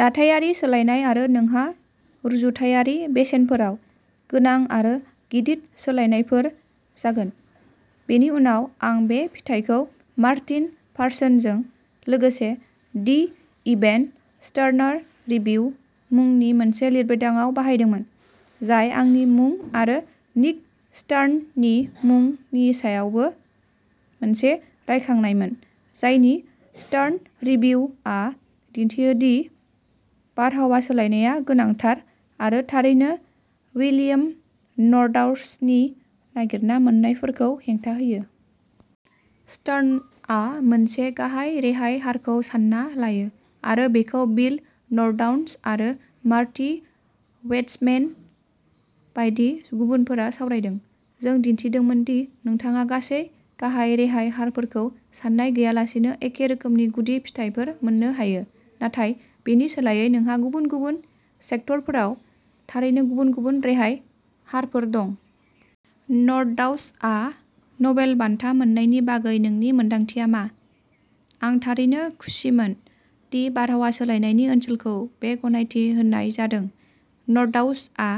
दाथायारि सोलायनाय आरो नोंहा रुजुथायारि बेसेनफोराव गोनां आरो गिदिर सोलायनायफोर जागोन। बेनि उनाव आं बे फिथायखौ मार्टिन पार्सनजों लोगोसे "दि इभेन स्टार्नार रिभिउ" मुंनि मोनसे लिरबिदांआव बाहायदोंमोन, जाय आंनि मुं आरो निक स्टार्ननि मुंनि सायावबो मोनसे रायखांनायमोन, जायनि "स्टार्न रिभिउ" आ दिन्थियो दि बारहावा सोलायनायआ गोनांथार आरो थारैनो विलियम नर्दाउसनि नागिरना मोन्नायफोरखौ हेंथा होयो। स्टार्नआ मोनसे गाहाय रेहाय हारखौ सान्ना लायो आरो बेखौ बिल नर्दाउस आरो मार्टी वेइट्जमेन बायदि गुबुनफोरा सावरायदों। जों दिन्थिदोंमोन दि नोंथाङा गासै गाहाय रेहाय हारफोरखौ सान्नाय गैयालासेनो एखे रोखोमनि गुदि फिथायफोर मोन्नो हायो नाथाय बेनि सोलायै नोंहा गुबुन गुबुन सेक्टरफोराव थारैनो गुबुन गुबुन रेहाय हारफोर दं। नर्दाउसआ नबेल बान्था मोन्नायनि बागै नोंनि मोन्दांथिया मा? आं थारैनो खुसिमोन दि बारहावा सोलायनायनि ओनसोलखौ बे गनायथि होनाय जादों। नर्दाउसआ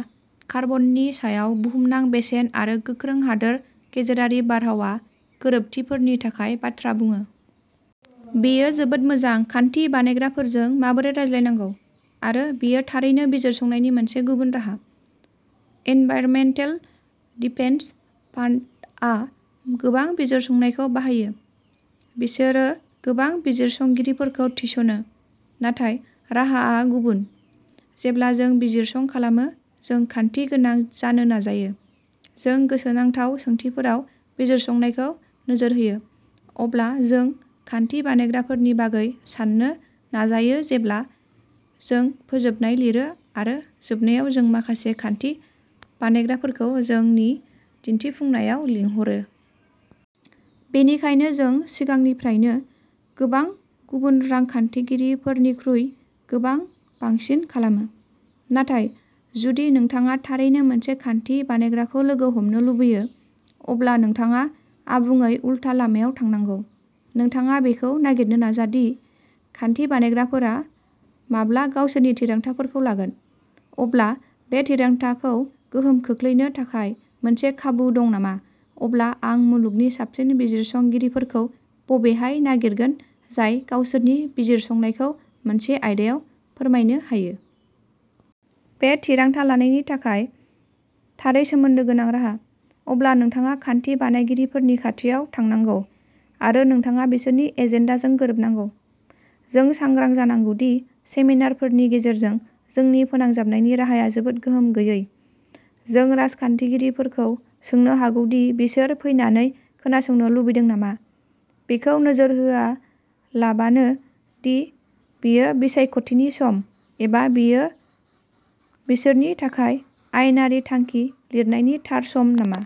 कार्बननि सायाव बुहुमनां बेसेन आरो गोख्रों हादोर गेजेरारि बारहावा गोरोबथिफोरनि थाखाय बाथ्रा बुङो। बेयो जोबोद मोजां। खान्थि बानायग्राफोरजों माबोरै रायज्लायनांगौ। आरो बेयो थारैनो बिजिरसंनायनि मोनसे गुबुन राहा। एनभाइरनमेन्टेल डिफेन्स फान्डआ गोबां बिजिरसंनायखौ बाहायो, बिसोरो गोबां बिजिरसंगिरिफोरखौ थिसनो, नाथाय राहाआ गुबुन। जेब्ला जों बिजिरसं खालामो जों खान्थि गोनां जानो नाजायो, जों गोसोनांथाव सोंथिफोराव बिजिरसंनायखौ नोजोर होयो, अब्ला जों खान्थि बानायग्राफोरनि बागै साननो नाजायो जेब्ला जों फोजोबनाय लिरो आरो जोबनायाव जों माखासे खान्थि बानायग्राफोरखौ जोंनि दिन्थिफुंनायाव लिंहरो। बेनिखायनो जों सिगांनिफ्रायनो गोबां गुबुन रांखान्थिगिरिफोरनिख्रुइ गोबां बांसिन खालामो। नाथाय जुदि नोंथाङा थारैनो मोनसे खान्थि बानायग्राखौ लोगो हमनो लुबैयो, अब्ला नोंथाङा आबुङै उलथा लामायाव थांनांगौः नोंथाङा बेखौ नागिरनो नाजा दि खान्थि बानायग्राफोरा माब्ला गावसोरनि थिरांथाफोरखौ लागोन; अब्ला बे थिरांथाखौ गोहोम खोख्लैनो थाखाय मोनसे खाबु दं नामा; अब्ला आं मुलुगनि साबसिन बिजिरसंगिरिफोरखौ बबेहाय नागिरगोन जाय गावसोरनि बिजिरसंनायखौ मोनसे आयदायाव फोरमायनो हायो। बे थिरांथा लानायनि थाखाय थारै सोमोन्दो गोनां राहा। अब्ला नोंथाङा खान्थि बानायगिरिफोरनि खाथियाव थांनांगौ, आरो नोंथाङा बिसोरनि एजेन्डाजों गोरोबनांगौ। जों सांग्रां जानांगौ दि सेमिनारफोरनि गेजेरजों जोंनि फोनांजाबनायनि राहाया जोबोद गोहोम गैयै। जों राजखान्थिगिरिफोरखौ सोंनो हागौ दि बिसोर फैनानै खोनासंनो लुबैदों नामा, बेखौ नोजोर होआलाबानो दि बेयो बिसायख'थिनि सम, एबा बेयो बिसोरनि थाखाय आयेनारि थांखि लिरनायनि थार सम नामा।